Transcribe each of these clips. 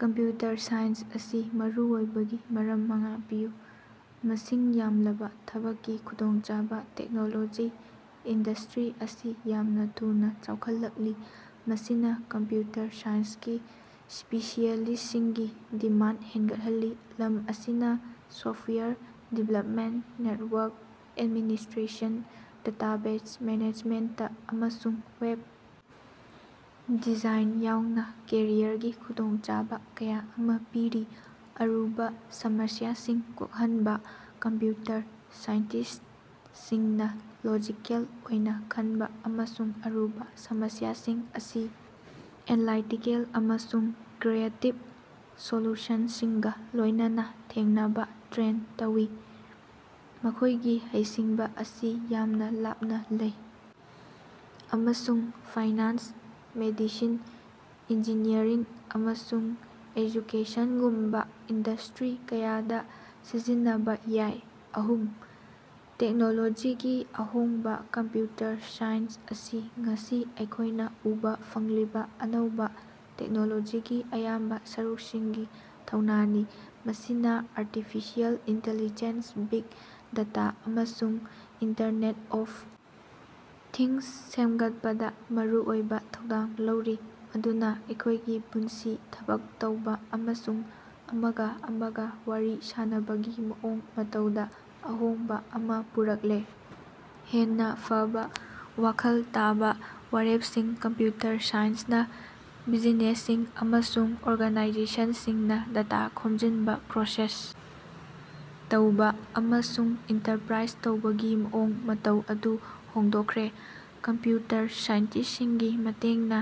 Computer science ꯑꯁꯤ ꯃꯔꯨꯑꯣꯏꯕꯒꯤ ꯃꯔꯝ ꯃꯉꯥ ꯄꯤꯌꯨ꯫ ꯃꯁꯤꯡ ꯌꯥꯝꯂꯕ ꯊꯕꯛꯀꯤ ꯈꯨꯗꯣꯡꯆꯥꯕ- ꯇꯦꯛꯅꯣꯂꯣꯖꯤ ꯏꯟꯗꯁ꯭ꯠꯔꯤ ꯑꯁꯤ ꯌꯥꯝꯅ ꯊꯨꯅꯥ ꯆꯥꯎꯈꯠꯂꯛꯂꯤ, ꯃꯁꯤꯅ ꯀꯝꯄꯌꯨꯇꯔ ꯁꯥꯏꯟꯁꯀꯤ ꯁ꯭ꯄꯦꯁꯤꯑꯦꯂꯤꯁ꯭ꯇꯁꯤꯡꯒꯤ ꯗꯤꯃꯥꯟꯗ ꯍꯦꯒꯠꯍꯜꯂꯤ꯫ ꯂꯝ ꯑꯁꯤꯅ software development, network administration, database management, ꯑꯃꯁꯨꯡ ꯋꯦꯕ ꯗꯤꯖꯥꯏꯟ ꯌꯥꯎꯅꯥ ꯀꯦꯔꯤꯌꯔꯒꯤ ꯈꯨꯗꯣꯡꯆꯥꯕ ꯀꯌꯥ ꯑꯃ ꯄꯤꯔꯤ꯫ ꯑꯔꯨꯕꯥ ꯁꯃꯁꯤꯌꯥꯁꯤꯡ ꯀꯣꯛꯍꯟꯕꯥ- ꯀꯝꯄꯌꯨꯇꯔ ꯁꯥꯏꯟꯇꯤꯁ꯭ꯇꯁꯤꯡꯅ ꯂꯣꯖꯤꯀꯦꯜ ꯑꯣꯏꯅ ꯈꯟꯕꯥ ꯑꯃꯁꯨꯡ ꯑꯔꯨꯕꯥ ꯁꯃꯁꯤꯌꯥꯁꯤꯡ ꯑꯁꯤ ꯑꯦꯟꯂꯥꯏꯇꯤꯀꯦꯜ ꯑꯃꯁꯨꯡ ꯀ꯭ꯔꯤꯌꯦꯇꯤꯕ ꯁꯣꯂꯨꯁꯟꯁꯤꯡꯒꯥ ꯂꯣꯏꯅꯅꯥ ꯊꯦꯡꯅꯅꯕꯥ ꯇ꯭ꯔꯦꯟ ꯇꯧꯏ꯫ ꯃꯈꯣꯏꯒꯤ ꯍꯩꯁꯤꯡꯕꯥ ꯑꯁꯤ ꯌꯥꯝꯅ ꯂꯥꯞꯅ ꯂꯩ ꯑꯃꯁꯨꯡ ꯐꯥꯏꯅꯥꯟꯁ, ꯃꯦꯗꯤꯁꯤꯟ, ꯏꯟꯖꯤꯅꯤꯌꯔꯤꯡ, ꯑꯃꯁꯨꯡ ꯑꯦꯖꯨꯀꯦꯁꯟꯒꯨꯝꯕꯥ ꯏꯟꯗꯁ꯭ꯇꯔꯤ ꯀꯌꯥꯗ ꯁꯤꯖꯤꯟꯅꯕꯥ ꯌꯥꯏ꯫ ꯑꯍꯨꯝ) ꯇꯦꯛꯅꯣꯂꯣꯖꯤꯒꯤ ꯑꯍꯣꯡꯕꯥ- ꯀꯝꯄꯌꯨꯇꯔ ꯁꯥꯏꯟꯁ ꯑꯁꯤ ꯉꯁꯤ ꯑꯩꯈꯣꯏꯅꯥ ꯎꯕꯥ ꯐꯪꯂꯤꯕꯥ ꯑꯅꯧꯕꯥ ꯇꯦꯛꯅꯣꯂꯣꯖꯤꯒꯤ ꯑꯌꯥꯝꯕ ꯁꯔꯨꯛꯁꯤꯡꯒꯤ ꯊꯧꯅꯥꯅꯤ꯫ ꯃꯁꯤꯅ ꯑꯥꯔꯇꯤꯐꯤꯁꯤꯑꯦꯜ ꯏꯟꯇꯤꯂꯤꯖꯦꯟꯁ, ꯕꯤꯒ ꯗꯇꯥ ꯑꯃꯁꯨꯡ ꯏꯟꯇꯔꯅꯦꯠ ꯑꯣꯐ ꯊꯤꯡꯁ ꯁꯦꯝꯒꯠꯄꯗꯥ ꯃꯔꯨꯑꯣꯏꯕ ꯊꯧꯗꯥꯡ ꯂꯧꯔꯤ, ꯃꯗꯨꯅꯥ ꯑꯩꯈꯣꯏꯒꯤ ꯄꯨꯟꯁꯤ, ꯊꯕꯛ ꯇꯧꯕ ꯑꯃꯁꯨꯡ ꯑꯃꯒ ꯑꯃꯒ ꯋꯥꯔꯤ ꯁꯥꯅꯕꯒꯤ ꯃꯑꯣꯡ ꯃꯇꯧꯗ ꯑꯍꯣꯡꯕꯥ ꯑꯃ ꯄꯨꯔꯛꯂꯦ꯫ ꯍꯦꯟꯅꯥ ꯐꯕꯥ ꯋꯥꯈꯜ ꯇꯥꯕ ꯋꯥꯔꯦꯞꯁꯤꯡ- ꯀꯝꯄꯌꯨꯇꯔ ꯁꯥꯏꯟꯁꯅꯥ ꯕꯤꯖꯤꯅꯦꯁꯁꯤꯡ ꯑꯃꯁꯨꯡ ꯑꯣꯔꯒꯅꯥꯏꯖꯦꯁꯟꯁꯤꯡꯅ ꯗꯇꯥ ꯈꯣꯝꯖꯤꯟꯕꯥ, ꯄ꯭ꯔꯣꯁꯦꯁ ꯇꯧꯕ ꯑꯃꯁꯨꯡ ꯏꯟꯇꯔꯄꯔꯥꯏꯖ ꯇꯧꯕꯒꯤ ꯃꯑꯣꯡ ꯃꯇꯧ ꯑꯗꯨ ꯍꯣꯡꯗꯣꯛꯈ꯭ꯔꯦ꯫ ꯀꯝꯄꯌꯨꯇꯔ ꯁꯥꯏꯟꯇꯤꯁ꯭ꯇꯁꯤꯡꯒꯤ ꯃꯇꯦꯡꯅꯥ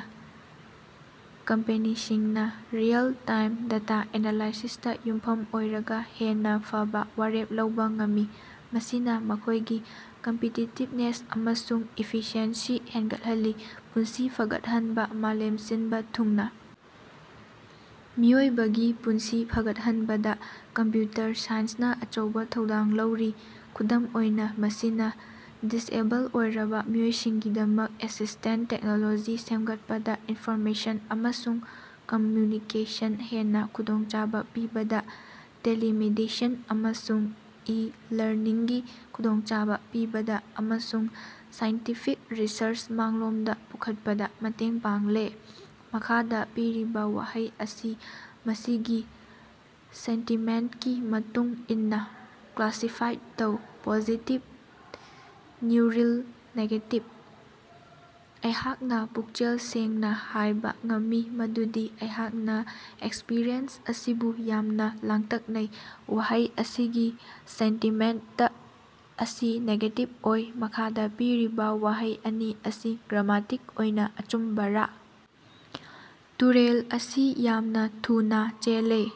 ꯀꯝꯄꯦꯅꯤꯁꯤꯡꯅꯥ ꯔꯤꯑꯦꯜ-ꯇꯥꯏꯝ ꯗꯇꯥ ꯑꯦꯅꯥꯂꯥꯏꯁꯤꯁꯇꯥ ꯌꯨꯝꯐꯝ ꯑꯣꯏꯔꯒꯥ ꯍꯦꯟꯅꯥ ꯐꯕꯥ ꯋꯥꯔꯦꯞ ꯂꯧꯕ ꯉꯝꯃꯤ, ꯃꯁꯤꯅ ꯃꯈꯣꯏꯒꯤ ꯀꯝꯄꯤꯇꯤꯇꯤꯕꯅꯦꯁ ꯑꯃꯁꯨꯡ ꯏꯐꯤꯁꯤꯑꯦꯟꯁꯤ ꯍꯦꯒꯠꯍꯜꯂꯤ꯫ ꯄꯨꯟꯁꯤ ꯐꯒꯠꯍꯟꯕꯥ- ꯃꯥꯂꯦꯝ ꯁꯤꯟꯕꯥ ꯊꯨꯡꯅꯥ ꯃꯤꯑꯣꯏꯕꯒꯤ ꯄꯨꯟꯁꯤ ꯐꯒꯠꯍꯟꯕꯗꯥ ꯀꯝꯄꯌꯨꯇꯔ ꯁꯥꯏꯟꯁꯅꯥ ꯑꯆꯧꯕꯥ ꯊꯧꯗꯥꯡ ꯂꯧꯔꯤ꯫ ꯈꯨꯗꯝ ꯑꯣꯏꯅ, ꯃꯁꯤꯅ ꯗꯤꯁꯑꯦꯕꯜ ꯑꯣꯏꯔꯕ ꯃꯤꯑꯣꯏꯁꯤꯡꯒꯤꯗꯃꯛ ꯑꯦꯁꯤꯁ꯭ꯇꯦꯟꯇ ꯇꯦꯛꯅꯣꯂꯣꯖꯤ ꯁꯦꯝꯒꯠꯄꯗꯥ, ꯏꯟꯐꯣꯔꯃꯦꯁꯟ ꯑꯃꯁꯨꯡ ꯀꯝꯃꯌꯨꯅꯤꯀꯦꯁꯟ ꯍꯦꯟꯅ ꯈꯨꯗꯣꯡꯆꯥꯕ ꯄꯤꯕꯗ, ꯇꯦꯂꯤꯃꯦꯗꯤꯁꯤꯟ ꯑꯃꯁꯨꯡ ꯏ-ꯂꯔꯅꯤꯡꯒꯤ ꯈꯨꯗꯣꯡꯆꯥꯕ ꯄꯤꯕꯗꯥ, ꯑꯃꯁꯨꯡ ꯁꯥꯏꯟꯇꯤꯐꯤꯛ ꯔꯤꯁꯔꯆ ꯃꯥꯡꯂꯣꯝꯗꯥ ꯄꯨꯈꯠꯄꯗꯥ ꯃꯇꯦꯡ ꯄꯥꯡꯂꯦ꯫ ꯃꯈꯥꯗ ꯄꯤꯔꯤꯕꯥ ꯋꯥꯍꯩ ꯑꯁꯤ ꯃꯁꯤꯒꯤ ꯁꯦꯟꯇꯤꯃꯦꯟꯇꯀꯤ ꯃꯇꯨꯡ ꯏꯟꯅꯥ ꯀ꯭ꯂꯥꯁꯤꯐꯥꯏ ꯇꯧ (ꯄꯣꯖꯤꯇꯤꯕ, ꯅ꯭ꯌꯨꯠꯔꯤꯜ, ꯅꯦꯒꯦꯇꯤꯕ)꯫ ꯑꯩꯍꯥꯛꯅꯥ ꯄꯨꯛꯆꯦꯜ ꯁꯦꯡꯅꯥ ꯍꯥꯏꯕꯥ ꯉꯝꯃꯤ ꯃꯗꯨꯗꯤ ꯑꯩꯍꯥꯛꯅꯥ ꯑꯦꯛꯁꯄꯔꯤꯌꯦꯟꯁ ꯑꯁꯤꯕꯨ ꯌꯥꯝꯅ ꯂꯥꯡꯇꯛꯅꯩ꯫ ꯋꯥꯍꯩ ꯑꯁꯤꯒꯤ ꯁꯦꯟꯇꯤꯃꯦꯟꯇ ꯑꯁꯤ ꯅꯦꯒꯦꯇꯤꯕ ꯑꯣꯏ꯫ ꯃꯈꯥꯗ ꯄꯤꯔꯤꯕꯥ ꯋꯥꯍꯩ ꯑꯅꯤ ꯑꯁꯤ ꯒ꯭ꯔꯥꯃꯦꯇꯤꯛ ꯑꯣꯏꯅ ꯑꯆꯨꯝꯕꯔꯥ? ꯇꯨꯔꯦꯜ ꯑꯁꯤ ꯌꯥꯝꯅ ꯊꯨꯅꯥ ꯆꯦꯜꯂꯤ꯫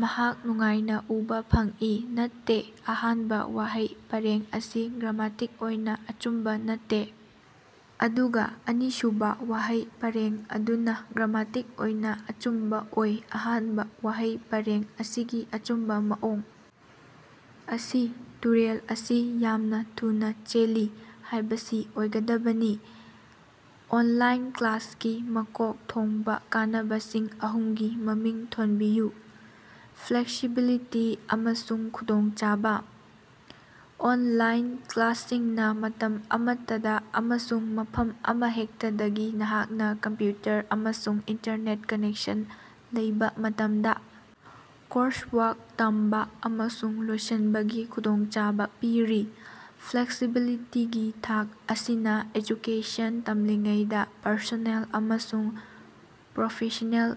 ꯃꯍꯥꯛ ꯅꯨꯡꯉꯥꯏꯅ ꯎꯕꯥ ꯐꯪꯏ꯫ ꯅꯠꯇꯦ, ꯑꯍꯥꯟꯕ ꯋꯥꯍꯩ ꯄꯔꯦꯡ ꯑꯁꯤ ꯒ꯭ꯔꯥꯃꯦꯇꯤꯛ ꯑꯣꯏꯅ ꯑꯆꯨꯝꯕꯥ ꯅꯠꯇꯦ, ꯑꯗꯨꯒ ꯑꯅꯤꯁꯨꯕꯥ ꯋꯥꯍꯩ ꯄꯔꯦꯡ ꯑꯗꯨꯅ ꯒ꯭ꯔꯥꯃꯦꯇꯤꯛ ꯑꯣꯏꯅ ꯑꯆꯨꯝꯕꯥ ꯑꯣꯏ꯫ ꯑꯍꯥꯟꯕ ꯋꯥꯍꯩ ꯄꯔꯦꯡ ꯑꯁꯤꯒꯤ ꯑꯆꯨꯝꯕ ꯃꯑꯣꯡ ꯑꯁꯤ ꯇꯨꯔꯦꯜ ꯑꯁꯤ ꯌꯥꯝꯅꯥ ꯊꯨꯅꯥ ꯆꯦꯜꯂꯤ" ꯍꯥꯏꯕꯁꯤ ꯑꯣꯏꯒꯗꯕꯅꯤ꯫ ꯑꯣꯟꯂꯥꯏꯟ ꯀ꯭ꯂꯥꯁꯀꯤ ꯃꯀꯣꯛ ꯊꯣꯡꯕꯥ ꯀꯥꯟꯅꯕꯁꯤꯡ ꯑꯍꯨꯝꯒꯤ ꯃꯃꯤꯡ ꯊꯣꯟꯕꯤꯌꯨ꯫ ꯐ꯭ꯂꯦꯛꯁꯤꯕꯤꯂꯤꯇꯤ ꯑꯃꯁꯨꯡ ꯈꯨꯗꯣꯡꯆꯥꯕ: ꯑꯣꯟꯂꯥꯏꯟ ꯀ꯭ꯂꯥꯁꯁꯤꯡꯅꯥ ꯃꯇꯝ ꯑꯃꯠꯇꯗꯥ ꯑꯃꯁꯨꯡ ꯃꯐꯝ ꯑꯃꯍꯦꯛꯇꯗꯒꯤ, ꯅꯍꯥꯛꯅꯥ ꯀꯝꯄꯌꯨꯇꯔ ꯑꯃꯁꯨꯡ ꯏꯟꯇꯔꯅꯦꯠ ꯀꯅꯦꯛꯁꯟ ꯂꯩꯕ ꯃꯇꯝꯗꯥ, ꯀꯣꯔꯁꯋꯥꯔꯛ ꯇꯝꯕꯥ ꯑꯃꯁꯨꯡ ꯂꯣꯏꯁꯤꯟꯕꯒꯤ ꯈꯨꯗꯣꯡꯆꯥꯕ ꯄꯤꯔꯤ꯫ ꯐ꯭ꯂꯦꯛꯁꯤꯕꯤꯂꯤꯇꯤꯒꯤ ꯊꯥꯛ ꯑꯁꯤꯅ ꯑꯦꯖꯨꯀꯦꯁꯟ ꯇꯝꯂꯤꯉꯩꯗ ꯄꯔꯁꯣꯅꯦꯜ ꯑꯃꯁꯨꯡ ꯄ꯭ꯔꯣꯐꯦꯁ꯭ꯅꯦꯜ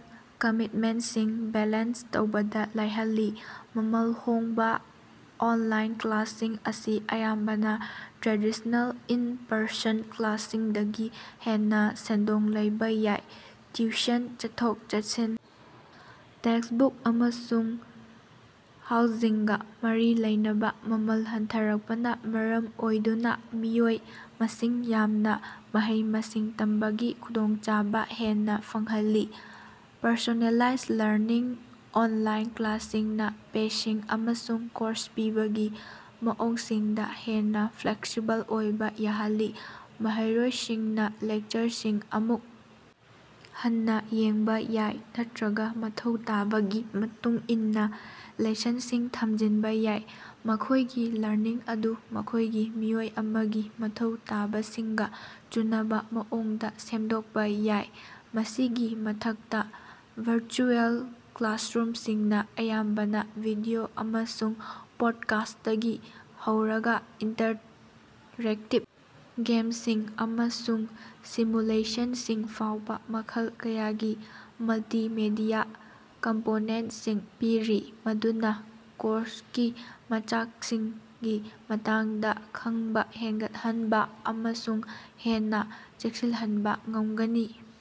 ꯀꯃꯤꯠꯃꯦꯟꯇꯁꯤꯡ ꯕꯦꯂꯦꯟꯁ ꯇꯧꯕꯗ ꯂꯥꯏꯍꯜꯂꯤ꯫ ꯃꯃꯜ ꯍꯣꯡꯕꯥ: ꯑꯣꯟꯂꯥꯏꯟ ꯀ꯭ꯂꯥꯁꯁꯤꯡ ꯑꯁꯤ ꯑꯌꯥꯝꯕꯅꯥ ꯇ꯭ꯔꯦꯗꯤꯁ꯭ꯅꯦꯜ ꯏꯟ-ꯄꯔꯁꯟ ꯀ꯭ꯂꯥꯁꯁꯤꯡꯗꯒꯤ ꯍꯦꯟꯅꯥ ꯁꯦꯟꯗꯣꯡ ꯂꯩꯕ ꯌꯥꯏ꯫ ꯇꯤꯎꯁꯟ, ꯆꯠꯊꯣꯛ-ꯆꯠꯁꯤꯟ, ꯇꯦꯛꯁꯕꯨꯛ, ꯑꯃꯁꯨꯡ ꯍꯥꯎꯖꯤꯡꯒꯥ ꯃꯔꯤ ꯂꯩꯅꯕꯥ ꯃꯃꯜ ꯍꯟꯊꯔꯛꯄꯅ ꯃꯔꯝ ꯑꯣꯏꯗꯨꯅꯥ ꯃꯤꯑꯣꯏ ꯃꯁꯤꯡ ꯌꯥꯝꯅꯥ ꯃꯍꯩ-ꯃꯁꯤꯡ ꯇꯝꯕꯒꯤ ꯈꯨꯗꯣꯡꯆꯥꯕ ꯍꯦꯟꯅꯥ ꯐꯪꯍꯜꯂꯤ꯫ ꯄꯔꯁꯣꯅꯦꯂꯥꯏꯖ ꯂꯔꯅꯤꯡ: ꯑꯣꯅꯂꯥꯏꯟ ꯀ꯭ꯂꯥꯁꯁꯤꯡꯅꯥ ꯄꯦꯁꯤꯡ ꯑꯃꯁꯨꯡ ꯀꯣꯔꯁ ꯄꯤꯕꯒꯤ ꯃꯑꯣꯡꯁꯤꯡꯗꯥ ꯍꯦꯟꯅꯥ ꯐ꯭ꯂꯦꯛꯁꯤꯕꯜ ꯑꯣꯏꯕꯥ ꯌꯥꯍꯜꯂꯤ꯫ ꯃꯍꯩꯔꯣꯏꯁꯤꯡꯅꯥ ꯂꯦꯛꯆꯔꯁꯤꯡ ꯑꯃꯨꯛ ꯍꯟꯅꯥ ꯌꯦꯡꯕꯥ ꯌꯥꯏ ꯅꯠꯇꯔꯒ ꯃꯊꯧ ꯇꯥꯕꯒꯤ ꯃꯇꯨꯡ ꯏꯟꯅꯥ ꯂꯦꯁꯟꯁꯤꯡ ꯊꯝꯖꯤꯟꯕꯥ ꯌꯥꯏ, ꯃꯈꯣꯏꯒꯤ ꯂꯔꯅꯤꯡ ꯑꯗꯨ ꯃꯈꯣꯏꯒꯤ ꯃꯤꯑꯣꯏ ꯑꯃꯒꯤ ꯃꯊꯧ ꯇꯥꯕꯁꯤꯡꯒꯥ ꯆꯨꯅꯕꯥ ꯃꯑꯣꯡꯗ ꯁꯦꯝꯗꯣꯛꯄ ꯌꯥꯏ꯫ ꯃꯁꯤꯒꯤ ꯃꯊꯛꯇꯥ, ꯚꯔꯆꯨꯑꯦꯜ ꯀ꯭ꯂꯥꯁꯔꯨꯝꯁꯤꯡꯅꯥ ꯑꯌꯥꯝꯕꯅ ꯚꯤꯗꯤꯑꯣ ꯑꯃꯁꯨꯡ ꯄꯣꯗꯀꯥꯁ꯭ꯇꯇꯒꯤ ꯍꯧꯔꯒꯥ ꯏꯟꯇꯔꯦꯛꯇꯤꯕ ꯒꯦꯝꯁꯤꯡ ꯑꯃꯁꯨꯡ ꯁꯤꯃꯨꯂꯦꯁꯟꯁꯤꯡ ꯐꯥꯎꯕ ꯃꯈꯜ ꯀꯌꯥꯒꯤ ꯃꯜꯇꯤꯃꯦꯗꯤꯌꯥ ꯀꯝꯄꯣꯅꯦꯟꯇꯁꯤꯡ ꯄꯤꯔꯤ, ꯃꯗꯨꯅꯥ ꯀꯣꯔꯁꯀꯤ ꯃꯆꯥꯛꯁꯤꯡꯒꯤ ꯃꯇꯥꯡꯗ ꯈꯪꯕꯥ ꯍꯦꯒꯠꯍꯟꯕꯥ ꯑꯃꯁꯨꯡ ꯍꯦꯟꯅꯥ ꯆꯦꯠꯁꯤꯜꯍꯟꯕꯥ ꯉꯝꯒꯅꯤ꯫